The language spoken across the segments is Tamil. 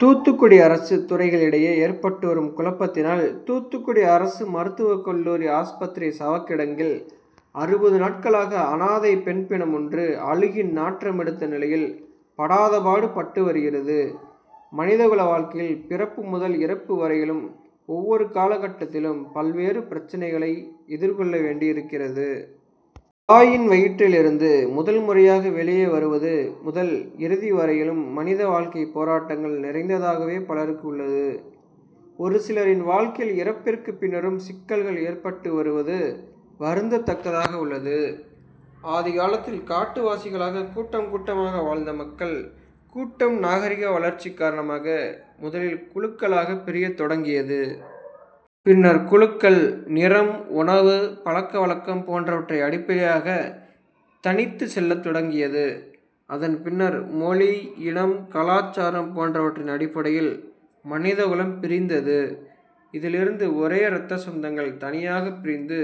தூத்துக்குடி அரசு துறைகளிடையே ஏற்பட்டு வரும் குழப்பத்தினால் தூத்துக்குடி அரசு மருத்துவ கல்லூரி ஆஸ்பத்திரி சவகிடங்கில் அறுபது நாட்களாக அனாதை பெண் பிணம் ஒன்று அழுகி நாற்றம் எடுத்த நிலையில் படாதபாடு பட்டு வருகிறது. மனிதகுல வாழ்க்கையில் பிறப்பு முதல் இறப்பு வரையிலும் ஒவ்வொரு காலகட்டத்திலும் பல்வேறு பிரச்னைகளை எதிர்கொள்ள வேண்டி இருக்கிறது. தாயின் வயிற்றில் இருந்து முதல்முறையாக வெளியே வருவது முதல் இறுதிவரையிலும் மனித வாழ்க்கை போராட்டங்கள் நிறைந்ததாகவே பலருக்கு உள்ளது. ஒரு சிலரின் வாழ்க்கையில் இறப்பிற்கு பின்னரும் சிக்கல்கள் ஏற்பட்டு வருவது வருந்ததக்கதாக உள்ளது. ஆதிகாலத்தில் காட்டுவாசிகளாக கூட்டம் கூட்டமாக வாழ்ந்த மக்கள் கூட்டம் நாகரிக வளர்ச்சி காரணமாக முதலில் குழுக்களாக பிரியத் தொடங்கியது. பின்னர் குழுக்கள் நிறம், உணவு, பழக்க வழக்கம் போன்றவற்றை அடிப்படையாக தனித்து செல்லத் தொடங்கியது. அதன்பின்னர் மொழி, இனம், கலாச்சாரம் போன்றவற்றின் அடிப்படையில் மனிதகுலம் பிரிந்தது. இதிலிருந்து ஒரே ரத்தசொந்தங்கள் தனியாக பிரிந்து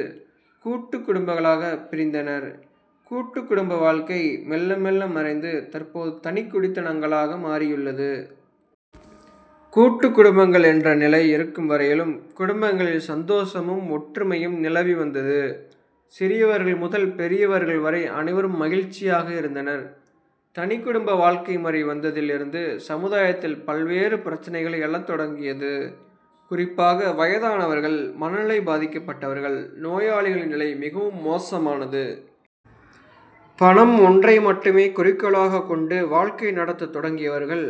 கூட்டு குடும்பங்களாக பிரிந்தனர். கூட்டு குடும்ப வாழ்க்கை மெல்ல மெல்ல மறைந்து தற்போது தனி குடித்தனங்களாக மாறியுள்ளது. கூட்டு குடும்பங்கள் என்ற நிலை இருக்கும் வரையிலும் குடும்பங்களில் சந்தோஷமும், ஒற்றுமையும் நிலவி வந்தது. சிறியவர்கள் முதல் பெரியவர்கள் வரை அனைவரும் மகிழ்ச்சியாக இருந்தனர். தனி குடும்ப வாழ்க்கை முறை வந்ததில் இருந்து சமுதாயத்தில் பல்வேறு பிரச்னைகள் எழத்தொடங்கியது. குறிப்பாக வயதானவர்கள், மனநிலை பாதிக்கப்பட்டவர்கள், நோயாளிகளின் நிலை மிகவும் மோசமானது. பணம் ஒன்றை மட்டுமே குறிக்கோளாக கொண்டு வாழ்க்கை நடத்த தொடங்கியவர்கள்,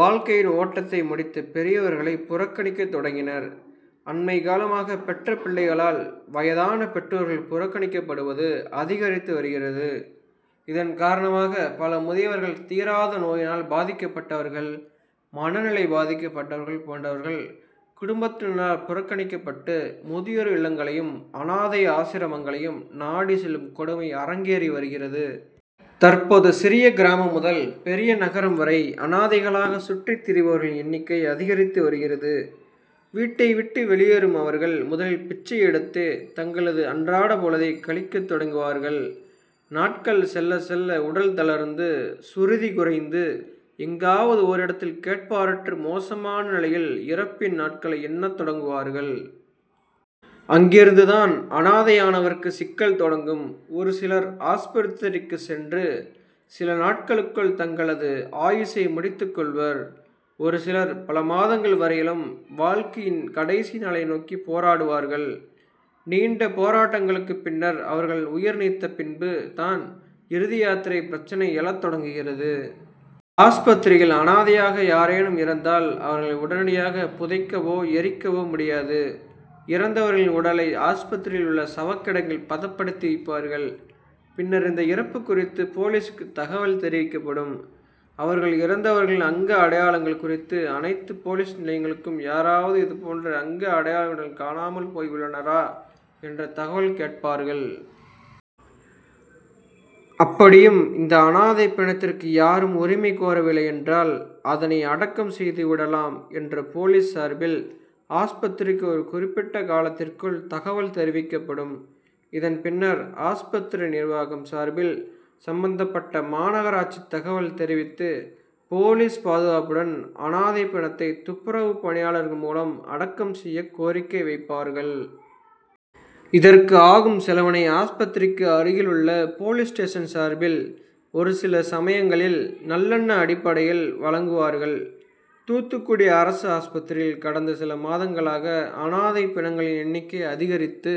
வாழ்க்கையின் ஓட்டத்தை முடித்த பெரியவர்களை புறக்கணிக்க தொடங்கினர். அண்மை காலமாக பெற்ற பிள்ளைகளால் வயதான பெற்றோர்கள் புறக்கணிக்கப்படுவது அதிகரித்து வருகிறது. இதன் காரணமாக பல முதியவர்கள், தீராத நோயினால் பாதிக்கப்பட்டவர்கள், மனநிலை பாதிக்கப்பட்டவர்கள் போன்றவர்கள் குடும்பத்தினரால் புறக்கணிக்கப்பட்டு முதியோர் இல்லங்களையும், அனாதை ஆசிரமங்களையும் நாடி செல்லும் கொடுமை அரங்கேறி வருகிறது. தற்போது சிறிய கிராமம் முதல் பெரிய நகரம் வரை அனாதைகளாக சுற்றி திரிபவர்களின் எண்ணிக்கை அதிகரித்து வருகிறது. வீட்டை விட்டு வெளியேறும் அவர்கள் முதலில் பிச்சை எடுத்து தங்களது அன்றாட பொழுதை கழிக்க தொடங்குவார்கள். நாட்கள் செல்ல செல்ல உடல் தளர்ந்து, சுருதி குறைந்து எங்காவது ஓரிடத்தில் கேட்பாரற்று மோசமான நிலையில் இறப்பின் நாட்களை எண்ண தொடங்குவார்கள். அங்கிருந்து தான் அனாதையானவருக்கு சிக்கல் தொடங்கும். ஒருசிலர் ஆஸ்பத்திரிக்கு சென்ற சில நாட்களுக்குள் தங்களது ஆயுசை முடித்து கொள்வர். ஒரு சிலர் பல மாதங்கள் வரையிலும் வாழ்க்கையின் கடைசி நாளை நோக்கி போராடுவார்கள். நீண்ட போராட்டங்களுக்கு பின்னர் அவர்கள் உயிர் நீத்த பின்பு தான் இறுதியாத்திரை பிரச்னை எழத் தொடங்குகிறது. ஆஸ்பத்திரியில் அனாதையாக யாரேனும் இறந்தால் அவர்களை உடனடியாக புதைக்கவோ, எரிக்கவோ முடியாது. இறந்தவர்களின் உடலை ஆஸ்பத்திரியில் உள்ள சவக்கிடங்கில் பதப்படுத்தி வைப்பார்கள். பின்னர் இந்த இறப்பு குறித்து போலீசுக்கு தகவல் தெரிவிக்கப்படும். அவர்கள் இறந்தவர்களின் அங்க அடையாளங்கள் குறித்து அனைத்து போலீஸ் நிலையங்களுக்கும் யாராவது இதுபோன்ற அங்க அடையாளங்களுடன் காணாமல் போய் உள்ளனரா என்று தகவல் கேட்பார்கள். அப்படியும் இந்த அனாதை பிணத்திற்கு யாரும் உரிமை கோரவில்லை என்றால் அதனை அடக்கம் செய்துவிடலாம் என்று போலீஸ் சார்பில் ஆஸ்பத்திரிக்கு ஒரு குறிப்பிட்ட காலத்திற்குள் தகவல் தெரிவிக்கப்படும். இதன் பின்னர் ஆஸ்பத்திரி நிர்வாகம் சார்பில் சம்பந்தப்பட்ட மாநகராட்சிக்கு தகவல் தெரிவித்து போலீஸ் பாதுகாப்புடன் அனாதை பிணத்தை துப்புரவு பணியாளர்கள் மூலம் அடக்கம் செய்ய கோரிக்கை வைப்பார்கள். இதற்கு ஆகும் செலவினை ஆஸ்பத்திரிக்கு அருகில் உள்ள போலீஸ் ஸ்டேசன் சார்பில் ஒருசில சமயங்களில் நல்லெண்ண அடிப்படையில் வழங்குவார்கள். தூத்துக்குடி அரசு ஆஸ்பத்திரியில் கடந்த சில மாதங்களாக அனாதை பிணங்களின் எண்ணிக்கை அதிகரித்து